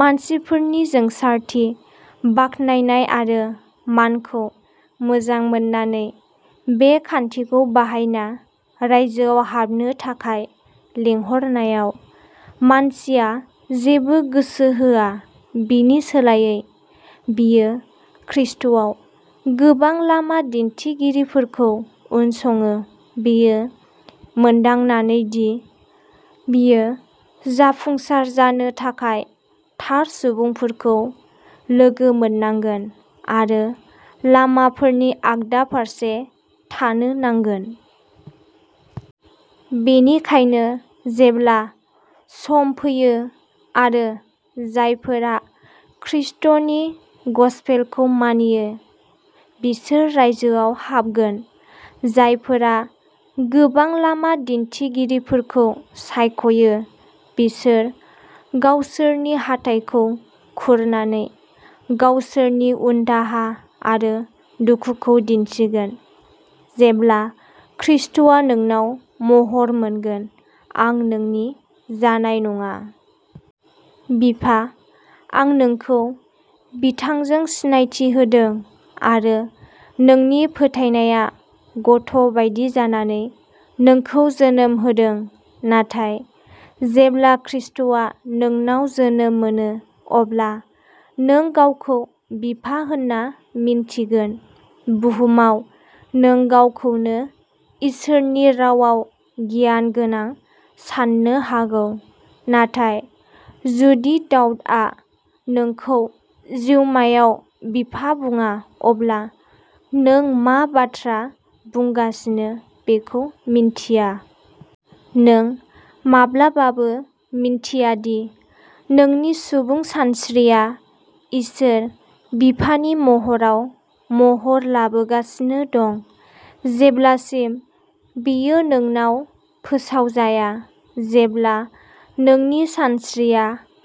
मानसिफोरनि जोंसारथि, बाख्नायनाय आरो मानखौ मोजां मोननानै, बे खान्थिखौ बाहायना रायजोआव हाबनो थाखाय लिंहरनायाव मानसिया जेबो गोसो होआ। बिनि सोलायै, बियो खृष्टआव गोबां लामा दिन्थिगिरिफोरखौ उनसङो, बेखौ मोनदांनानै दि बियो जाफुंसार जानो थाखाय थार सुबुंफोरखौ लोगो मोननांगोन आरो लामाफोरनि आगदा फारसे थानो नांगोन। बेनिखायनो जेब्ला सम फैयो आरो जायफोरा खृष्टनि गसपेलखौ मानियो, बिसोर रायजोआव हाबगोन, जायफोरा गोबां लामा दिन्थिगिरिफोरखौ सायख'यो, बिसोर गावसोरनि हाथाइखौ खुरनानै गावसोरनि उनदाहा आरो दुखुखौ दिन्थिगोन। जेब्ला ख्रीष्टआ नोंनाव महर मोनगोन, आं नोंनि जानाय नङा। बिफा। आं नोंखौ बिथांजों सिनायथि होदों आरो नोंनि फोथायनाया गथ'बायदि जानानै नोंखौ जोनोम होदों, नाथाय जेब्ला ख्रीष्टआ नोंनाव जोनोम मोनो, अब्ला नों गावखौ बिफा होनना मिन्थिगोन। बुहुमाव नों गावखौनो इसोरनि रावाव गियानगोनां साननो हागौ, नाथाय जुदि दाउदआ नोंखौ जिउमायाव बिफा बुंया, अब्ला नों मा बाथ्रा बुंगासिनो बेखौ मिन्थिया! नों माब्लाबाबो मिन्थिया दि नोंनि सुबुं सानस्रिया इसोर बिफानि महराव महर लाबोगासिनो दं जेब्लासिम बेयो नोंनाव फोसावजाया। जेब्ला नोंनि सानस्रिया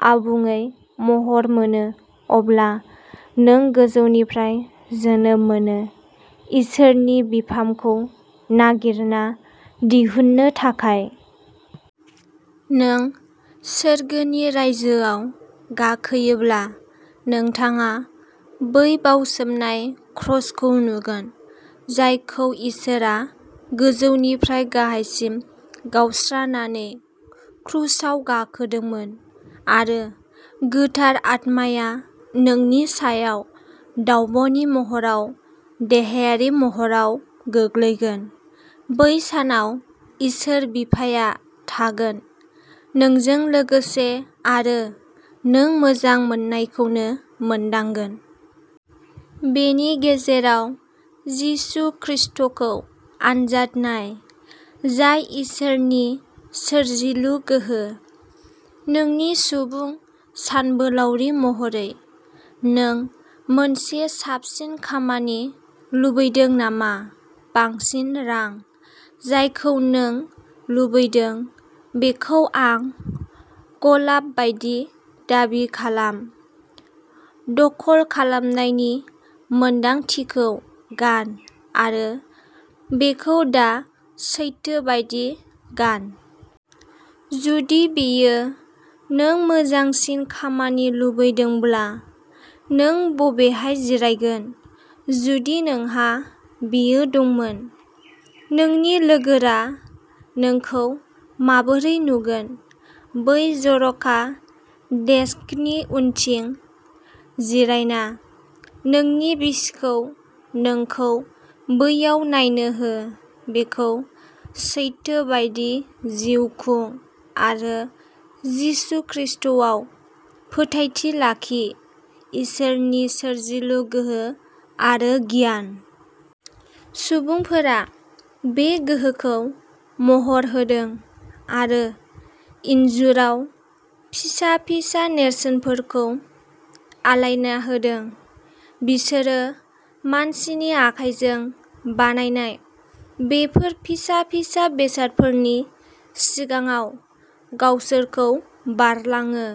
आबुङै महर मोनो, अब्ला नों गोजौनिफ्राय जोनोम मोनो इसोरनि बिफामखौ नागिरना दिहुननो थाखाय। नों सोरगोनि रायजोआव गाखोयोब्ला, नोंथाङा बै बावसोमनाय क्रसखौ नुगोन जायखौ इसोरआ गोजौनिफ्राय गाहायसिम गावस्रानानै क्रुसाव गाखोदोंमोन। आरो गोथार आत्माया नोंनि सायाव दावब'नि महराव देहायारि महराव गोग्लैगोन। बै सानाव इसोर बिफाआ थागोन। नोंजों लोगोसे आरो नों मोजां मोननायखौनो मोनदांगोन! बेनि गेजेराव, जिसु ख्रीष्टखौ आनजाद नाय, जाय इसोरनि सोरजिलु गोहो, नोंनि सुबुं सानबोलावरि महरै! नों मोनसे साबसिन खामानि लुबैदों नामा? बांसिन रां? जायखौ नों लुबैदों बेखौ आं गलाब बायदि दाबि खालाम। दखल खालामनायनि मोन्दांथिखौ गान आरो बेखौ दा सैथो बायदि गान। जुदि बेयो नों मोजांसिन खामानि लुबैदोंब्ला, नों बबेहाय जिरायगोन जुदि नोंहा बेयो दंमोन? नोंनि लोगोरा नोंखौ माबोरै नुगोन? बै जर'खा डेस्कनि उनथिं जिरायना नोंनि बिसिखौ नोंखौ बैयाव नायनो हो। बेखौ सैथो बायदि जिउ खुं आरो जिसु ख्रीष्टआव फोथायथि लाखि, इसोरनि सोरजिलु गोहो आरो गियान। सुबुंफोरा बे गोहोखौ महर होदों आरो इन्जुराव फिसा फिसा नेरसोनफोरखौ आलायना होदों। बिसोरो मानसिनि आखाइजों बानायनाय बेफोर फिसा फिसा बेसादफोरनि सिगाङाव गावसोरखौ बारलाङो।